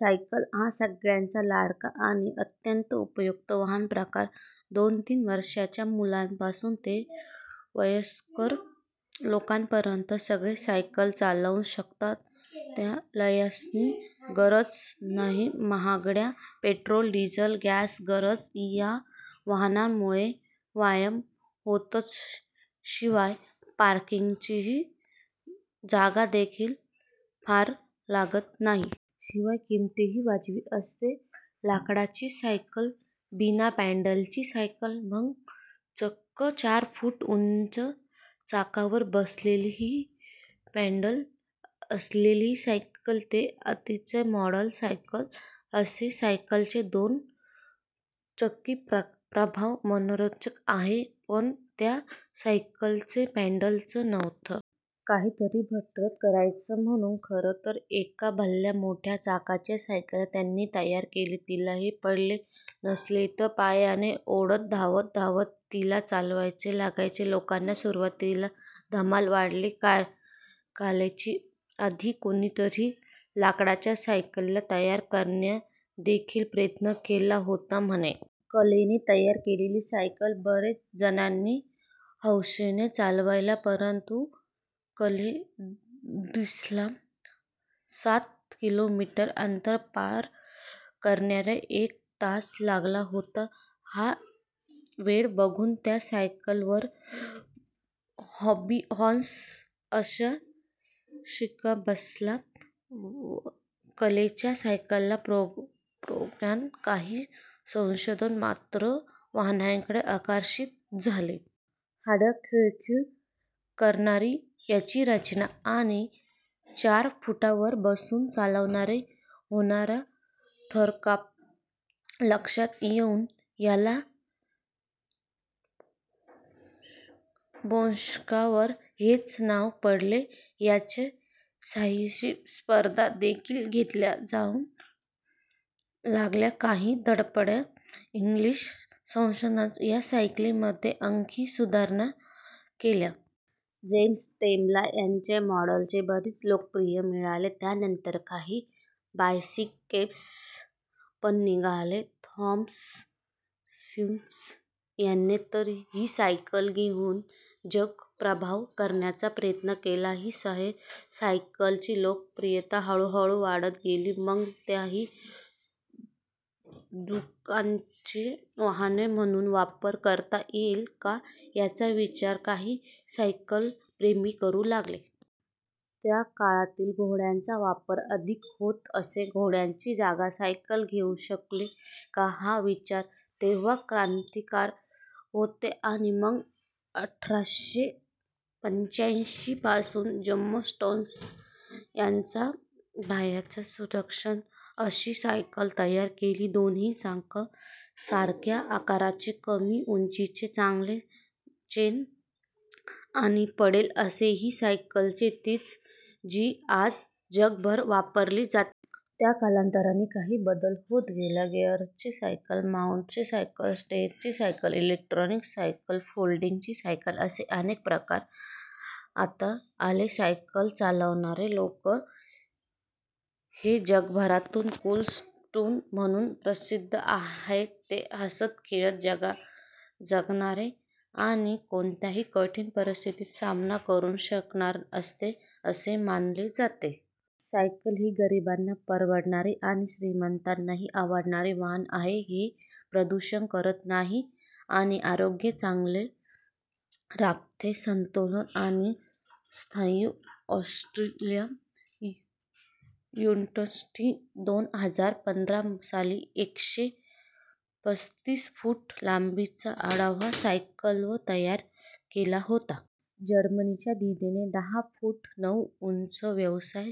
Cycle हा सगळ्यांचा लाडका आणि अत्यंत उपयुक्त वाहन प्रकार! दोन-तीन वर्षांच्या मुलापासून ते वयस्क लोकांपर्यंत सगळे सायकल चालवू शकतात. ना लायसन्सची गरज, ना महागड्या पेट्रोल, डिझेल, गॅसची गरज! या वाहनामुळे व्यायाम होतोच; शिवाय पार्किंगची जागादेखील फार लागत नाही. शिवाय किंमतही वाजवी असते. लाकडाची सायकल, बिना पेडलची सायकल, मग चक्क चार फूट उंच चाकावर बसवलेले पेडल असलेली सायकल ते आताची मॉडर्न सायकल असा सायकलचा दोन चाकी प्रवास मनोरंजक आहे. पण त्या सायकलला पेडलच नव्हते! काहीतरी भन्नाट करायचं म्हणून खरं तर एका भल्या मोठ्या चाकाची सायकल त्याने तयार केली. हिला पेडल नसल्याने पायानेच ओढत, धावत-धावत तिला चालवायला लागायचे. लोकांना सुरुवातीला धमाल वाटली. कार्लच्या आधी कुणीतरी लाकडाची सायकल तयार करण्याचादेखील प्रयत्न केला होता म्हणे! कार्लने तयार केलेली सायकल बरेच जणांनी हौसेने चालवली. परंतु कार्ल ड्रिसला सात किलोमीटर अंतर पार करायला एक तास लागला होता! हा वेळ बघून त्या सायकलवर 'हॉबी हॉर्स' असा शिक्का बसला! कार्लच्या सायकल प्रयोगाने काही संशोधक मात्र या वाहनाकडे आकर्षित झाले. हाडं खिळखिळी करणारी याची रचना आणि चार फुटांवर बसून चालवताना होणारा थरकाप लक्षात घेऊन याला 'बोनशेकर' हेच नाव पडलं. याच्या साहसी स्पर्धा देखील घेतल्या जाऊ लागल्या. काही धडपड्या इंग्लिश संशोधकांनी या सायकलमध्ये आणखी सुधारणा केल्या. जेम्स स्टरले याच्या मॉडेलला बरीच लोकप्रियता मिळाली. त्यानंतर काही 'बायसिकल क्लब' पण निघाले. थॉमस स्टीव्हन याने तर ही सायकल घेऊन जगप्रवास करण्याचा प्रयत्न केला. साहसी सायकलींची लोकप्रियता हळूहळू वाढत गेली. मग या दुचाकीचा 'वाहन' म्हणून वापर करता येईल का, याचा विचार काही सायकलप्रेमी करू लागले. त्या काळात घोड्यांचा वापर अधिक होत असे. घोड्याची जागा सायकल घेऊ शकेल का, हा विचार तेव्हा क्रांतिकारी होता. आणि मग अठराशे पंच्याऐंशीच्या आसपास जेम्स स्टरले याच्या भाच्याने सुरक्षित अशी सायकल तयार केली. दोन्ही चाकं सारख्या आकाराची, कमी उंचीची, चांगली चेन आणि पेडल असलेली ही सायकल तीच आहे, जी आज जगभर वापरली जाते. त्यात कालांतराने काही बदल होत गेले. गिअरची cycle, mountain cycle, stunt cycle, electric cycle, folding cycle असे अनेक प्रकार आता आलेत. सायकल चालवणारे लोक हे जगभरात 'कूल ड्युड्स' म्हणून प्रसिद्ध आहेत. ते हसत-खेळत जगणारे आणि कोणत्याही कठीण परिस्थितीचा सामना करू शकणारे असतात, असं मानलं जातं. सायकल हे गरिबांना परवडणारं आणि श्रीमंतांनाही आवडणारं वाहन आहे, जे प्रदूषण करत नाही आणि आरोग्य चांगलं राखतं. सॅनतोस आणि साऊथ ऑस्ट्रेलिया युनिव्हर्सिटीने दोन हजार पंधरा साली एकशे पस्तीस फूट लांबीची अवाढव्य सायकल तयार केली होती. जर्मनीच्या दीदीने दहा फूट नऊ इंच व्यासाच्या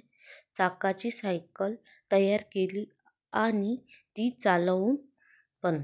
चाकाची सायकल तयार केली आणि ती चालवून पण